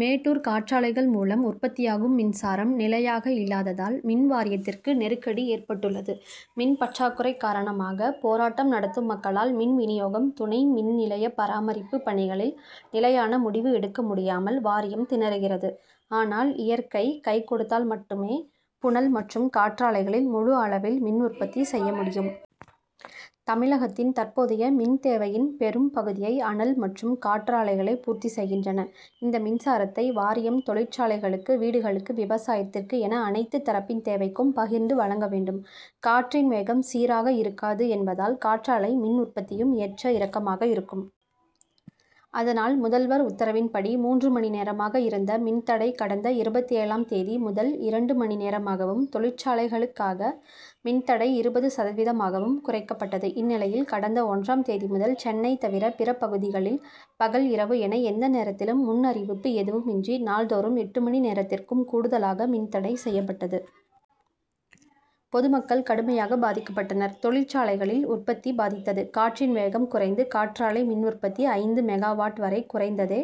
மேட்டூர் காற்றாலைகள் மூலம் உற்பத்தியாகும் மின்சாரம் நிலையாக இல்லாததால், மின் வாரியத்திற்கு நெருக்கடி ஏற்பட்டுள்ளது. மின் பற்றாக்குறை காரணமாக போராட்டம் நடத்தும் மக்களால் மின் வினியோகம், துணை மின் நிலைய பராமரிப்பு பணிகளில் நிலையான முடிவு எடுக்க முடியாமல் வாரியம் திணறுகிறது. ஆனால், இயற்கை கை கொடுத்தால் மட்டுமே புனல் மற்றும் காற்றாலைகளில் முழு அளவில் மின் உற்பத்தி செய்ய முடியும். தமிழகத்தின் தற்போதைய மின் தேவையின் பெரும் பகுதியை அனல் மற்றும் காற்றாலைகளே பூர்த்தி செய்கின்றன. இந்த மின்சாரத்தை வாரியம் தொழிற்சாலைகளுக்கு, வீடுகளுக்கு, விவசாயத்திற்கு என அனைத்து தரப்பின் தேவைக்கும் பகிர்ந்து வழங்க வேண்டும். காற்றின் வேகம் சீராக இருக்காது என்பதால், காற்றாலை மின் உற்பத்தியும் ஏற்ற இறக்கமாக இருக்கும். அதனால், முதல்வர் உத்தரவின்படி மூன்று மணி நேரமாக இருந்த மின் தடை கடந்த இருபத்தேழாம் தேதி முதல் இரண்டு மணி நேரமாகவும், தொழிற்சாலைகளுக்கான மின் தடை இருபது சதவீதமாகவும் குறைக்கப்பட்டது. இந்நிலையில், கடந்த ஒன்றாம் தேதி முதல், சென்னை தவிர பிற பகுதிகளில் பகல், இரவு என, எந்த நேரத்திலும் முன் அறிவிப்பு எதுவும் இன்றி நாள்தோறும் எட்டு மணி நேரத்திற்கும் கூடுதலாக மின் தடை செய்யப்பட்டது. பொதுமக்கள் கடுமையாக பாதிக்கப்பட்டனர். தொழிற்சாலைகளில் உற்பத்தி பாதித்தது. காற்றின் வேகம் குறைந்து காற்றாலை மின் உற்பத்தி ஐம்பது மெகா வாட் வரை குறைந்ததே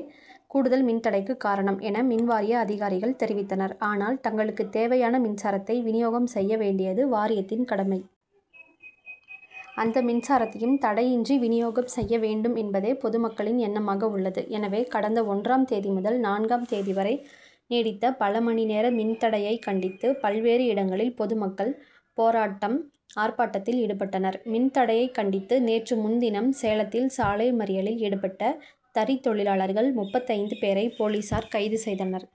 கூடுதல் மின் தடைக்கு காரணம்' என, மின் வாரிய அதிகாரிகள் தெரிவித்தனர். ஆனால், தங்களுக்கு தேவையான மின்சாரத்தை வினியோகம் செய்ய வேண்டியது வாரியத்தின் கடமை. அந்த மின்சாரத்தையும் தடையின்றி வினியோகம் செய்ய வேண்டும்' என்பதே பொதுமக்களின் எண்ணமாக உள்ளது. எனவே, கடந்த ஒன்றாம் தேதி முதல் நான்காம் தேதி வரை நீடித்த பல மணி நேர மின் தடையைக் கண்டித்து, பல்வேறு இடங்களில் பொதுமக்கள் போராட்டம், ஆர்ப்பாட்டத்தில் ஈடுபட்டனர். மின் தடையைக் கண்டித்து நேற்று முன்தினம் சேலத்தில் சாலை மறியலில் ஈடுபட்ட தறி தொழிலாளர்கள் முப்பத்தைந்து பேரை, போலீசார் கைது செய்தனர்.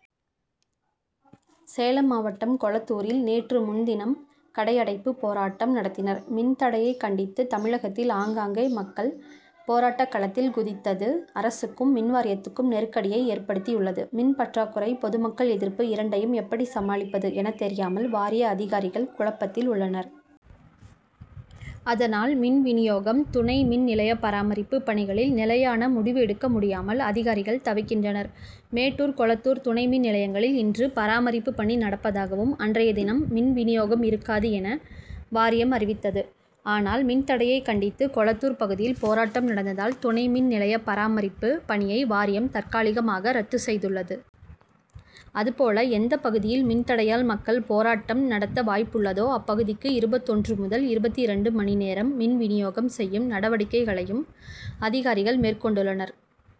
சேலம் மாவட்டம் கொளத்தூரில் நேற்று முன்தினம் கடையடைப்பு போராட்டம் நடத்தினர். மின் தடையை கண்டித்து தமிழகத்தில் ஆங்காங்கே மக்கள் போராட்டக் களத்தில் குதித்தது அரசுக்கும், மின் வாரியத்துக்கும் நெருக்கடியை ஏற்படுத்தியுள்ளது. மின் பற்றாக்குறை, பொதுமக்கள் எதிர்ப்பு இரண்டையும் எப்படி சமாளிப்பது என தெரியாமல் வாரிய அதிகாரிகள் குழப்பத்தில் உள்ளனர். அதனால், மின் வினியோகம், துணை மின் நிலைய பராமரிப்பு பணிகளில் நிலையான முடிவு எடுக்க முடியாமல் அதிகாரிகள் தவிக்கின்றனர். மேட்டூர், கொளத்தூர் துணை மின் நிலையங்களில் இன்று பராமரிப்பு பணி நடப்பதாகவும், அன்றைய தினம் மின் வினியோகம் இருக்காது' என வாரியம் அறிவித்தது. ஆனால், மின் தடையைக் கண்டித்து கொளத்தூர் பகுதியில் போராட்டம் நடந்ததால், துணை மின் நிலைய பராமரிப்பு பணியை வாரியம் தற்காலிகமாக ரத்து செய்துள்ளது. அதுபோல, எந்த பகுதியில் மின் தடையால் மக்கள் போராட்டம் நடத்த வாய்ப்புள்ளதோ அப்பகுதிக்கு இருபத்தொன்று முதல் இருபத்திரண்டு மணி நேரம் மின் வினியோகம் செய்யும் நடவடிக்கையையும் அதிகாரிகள் மேற்கொண்டுள்ளனர்.